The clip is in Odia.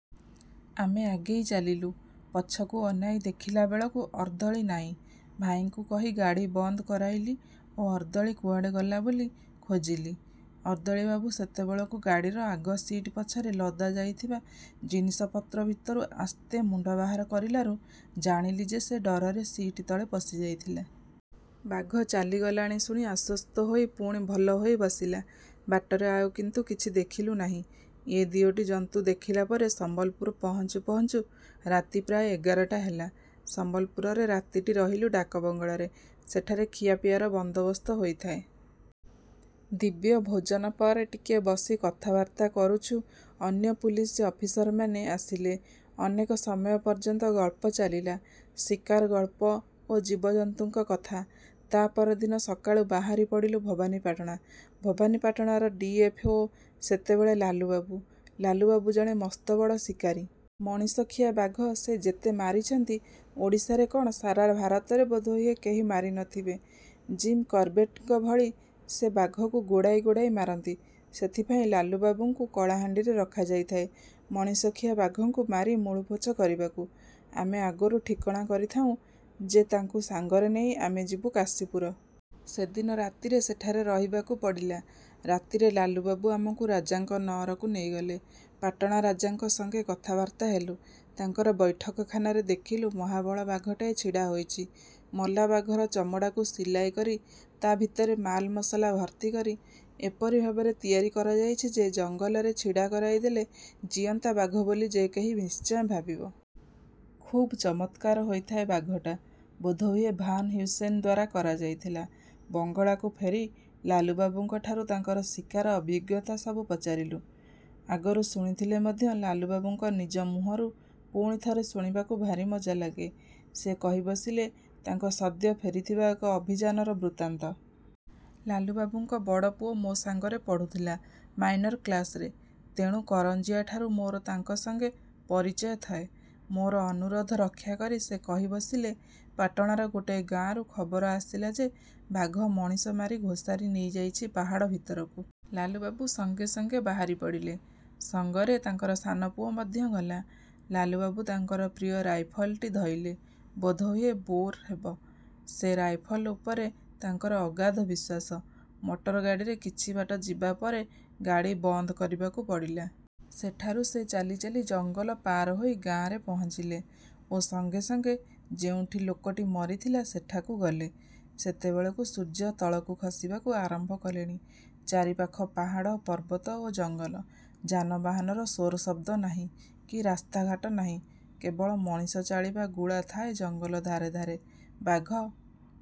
ଆମେ ଆଗେଇ ଚାଲିଲୁ। ପଛକୁ ଅନାଇ ଦେଖିଲା ବେଳକୁ ଅର୍ଦ୍ଦଳି ନାହିଁ। ଭାଇଙ୍କୁ କହି ଗାଡ଼ି ବନ୍ଦ କରାଇଲି ଓ ଅର୍ଦ୍ଦଳି କୁଆଡ଼େ ଗଲା ବୋଲି ଖୋଜିଲି। ଅର୍ଦ୍ଦଳିବାବୁ ସେତେବେଳକୁ ଗାଡ଼ିର ଆଗ ସିଟ୍ ପଛରେ ଲଦା ଯାଇଥିବା ଜିନିଷପତ୍ର ଭିତରୁ ଆସ୍ତେ ମୁଣ୍ଡ ବାହାର କରିଲାରୁ ଜାଣିଲି ଯେ ସେ ଡରରେ ସିଟ୍ ତଳେ ପଶିଯାଇଥିଲା। ବାଘ ଚାଲିଗଲାଣି ଶୁଣି ଆଶ୍ୱସ୍ତ ହୋଇ ପୁଣି ଭଲ ହୋଇ ବସିଲା। ବାଟରେ ଆଉ କିନ୍ତୁ କିଛି ଦେଖିଲୁ ନାହିଁ। ଏ ଦିଓଟି ଜନ୍ତୁ ଦେଖିଲା ପରେ ସମ୍ୱଲପୁର ପହଞ୍ଚୁ ପହଞ୍ଚୁ ରାତି ପ୍ରାୟ ଏଗାରଟା ହେଲା। ସମ୍ୱଲପୁରରେ ରାତିଟି ରହିଲୁ ଡାକବଙ୍ଗଳାରେ। ସେଠାରେ ଖିଆପିଆର ବନ୍ଦାବସ୍ତ ହୋଇଥାଏ। ଦିବ୍ୟ ଭୋଜନ ପରେ ଟିକେ ବସି କଥାବାର୍ତ୍ତା କରୁଛୁ ଅନ୍ୟ ପୁଲିସ ଅଫିସରମାନେ ଆସିଲେ। ଅନେକ ସମୟ ପର୍ଯ୍ୟନ୍ତ ଗଳ୍ପ ଚାଳିଲା-ଶିକାର ଗଳ୍ପ ଓ ଜୀବଜନ୍ତୁଙ୍କ କଥା। ତା' ପରଦିନ ସକାଳୁ ବାହାରି ପଡ଼ିଲୁ ଭବାନୀପାଟଣା। ଭବାନୀପାଟଣାର ଡ଼ି. ଏଫ. ଓ. ସେତେବେଳେ ଲାଲୁବାବୁ। ଲାଲୁବାବୁ ଜଣେ ମସ୍ତବଡ଼ ଶିକାରୀ। ମଣିଷଖିଆ ବାଘ ସେ ଯେତେ ମାରିଛନ୍ତି ଓଡ଼ିଶାରେ କ'ଣ ସାରା ଭାରତରେ ବୋଧହୁଏ କେହି ମାରି ନ ଥିବେ। ଜିମ୍ କରବେଟଙ୍କ ଭଳି ସେ ବାଘକୁ ଗୋଡ଼ାଇ ଗୋଡ଼ାଇ ମାରନ୍ତି। ସେଥିପାଇଁ ଲାଲୁବାବୁଙ୍କୁ କଳାହାଣ୍ଡିରେ ରଖାଯାଇଥାଏ-ମଣିଷଖିଆ ବାଘଙ୍କୁ ମାରି ମୂଳପୋଛ କରିବାକୁ। ଆମେ ଆଗରୁ ଠିକଣା କରିଥାଉଁ ଯେ ତାଙ୍କୁ ସଙ୍ଗରେ ନେଇ ଆମେ ଯିବୁ କାଶୀପୁର। ସେଦିନ ରାତିରେ ସେଠାରେ ରହିବାକୁ ପଡ଼ିଲା। ରାତିରେ ଲାଲୁବାବୁ ଆମକୁ ରଜାଙ୍କ ନଅରକୁ ନେଇଗଲେ। ପାଟଣା ରାଜାଙ୍କ ସଙ୍ଗେ କଥାବାର୍ତ୍ତା ହେଲୁ। ତାଙ୍କର ବୈଠକଖାନାରେ ଦେଖିଲୁ ମହାବଳ ବାଘଟାଏ ଛିଡ଼ା ହୋଇଛି। ମଲା ବାଘର ଚମଡ଼ାକୁ ସିଲାଇ କରି ତା' ଭିତରେ ମାଲମସଲା ଭର୍ତ୍ତି କରି ଏପରି ଭାବରେ ତିଆରି କରାଯାଇଛି ଯେ ଜଙ୍ଗଲରେ ଛିଡ଼ା କରାଇ ଦେଲେ ଜୀଅନ୍ତା ବାଘ ବୋଲି ଯେ କେହି ନିଶ୍ଚୟ ଭାବିବ। ଖୁବ୍ ଚମତ୍କାର ହୋଇଥାଏ ବାଘଟା। ବୋଧହୁଏ ଭାନ୍ ହ୍ୟୁସେନ ଦ୍ୱାରା କରାଯାଇଥିଲା। ବଙ୍ଗଳାକୁ ଫେରି ଳାଲୁବାବୁଙ୍କଠାରୁ ତାଙ୍କର ଶିକାର ଅଭିଜ୍ଞତା ସବୁ ପଚାରିଲୁ। ଆଗରୁ ଶୁଣିଥିଲେ ମଧ୍ୟ ଲାଲୁବାବୁଙ୍କ ନିଜ ମୁହଁରୁ ପୁଣି ଥରେ ଶୁଣିବାକୁ ଭାରି ମଜା ଲାଗେ। ସେ କହି ବସିଲେ, ତାଙ୍କ ସଦ୍ୟ ଫେରିଥିବା ଏକ ଅଭିଯାନର ବୃତ୍ତାନ୍ତ। ଲାଲୁବାବୁଙ୍କ ବଡ଼ ପୁଅ ମୋ ସାଙ୍ଗରେ ପଢ଼ୁଥିଲା-ମାଇନର କ୍ଲାସରେ। ତେଣୁ କରଂଜିଆଠାରୁ ମୋର ତାଙ୍କ ସଙ୍ଗେ ପରିଚୟ ଥାଏ। ମୋର ଅନୁରୋଧ ରକ୍ଷାକରି ସେ କହି ବସିଲେ- ପାଟଣାର ଗୋଟାଏ ଗାଁରୁ ଖବର ଆସିଲା ଯେ ବାଘ ମଣିଷ ମାରି ଘୋଷାରି ନେଇଯାଇଛି ପାହାଡ଼ ଭିତରକୁ। ଲାଲୁବାବୁ ସଙ୍ଗେ ସଙ୍ଗେ ବାହାରି ପଡ଼ିଲେ। ସଙ୍ଗରେ ତାଙ୍କର ସାନ ପୁଅ ମଧ୍ୟ ଗଲା। ଲାଲୁବାବୁ ତାଙ୍କର ପ୍ରିୟ ରାଇଫଲଟି ଧଇଲେ-ବୋଧହୁଏ. ବୋର ହେବ। ସେ ରାଇଫଲ ଉପରେ ତାଙ୍କର ଅଗାଧ ବିଶ୍ୱାସ। ମଟର ଗାଡ଼ିରେ କିଛି ବାଟ ଯିବା ପରେ ଗାଡ଼ି ବନ୍ଦ କରିବାକୁ ପଡ଼ିଲା। ସେଠାରୁ ସେ ଚାଲି ଚାଲି ଜଙ୍ଗଲ ପାର ହୋଇ ଗାଁରେ ପହଞ୍ଚିଲେ ଓ ସଙ୍ଗେ ସଙ୍ଗେ ଯେଉଁଠି ଲୋକଟି ମରିଥିଲା ସେଠାକୁ ଗଲେ। ସେତେବେଳକୁ ସୂର୍ଯ୍ୟ ତଳକୁ ଖସିବାକୁ ଆରମ୍ଭ କଲେଣି। ଚାରିପାଖ ପାହାଡ଼ ପର୍ବତ ଓ ଜଙ୍ଗଲ। ଯାନବାହାନର ସୋରଶବ୍ଦ ନାହିଁ କି ରାସ୍ତାଘାଟ ନାହିଁ।। କେବଳ ମଣିଷ ଚାଳିବା ଗୁଳା ଥାଏ ଜଙ୍ଗଲ ଧାରେ ଧାରେ। ବାଘ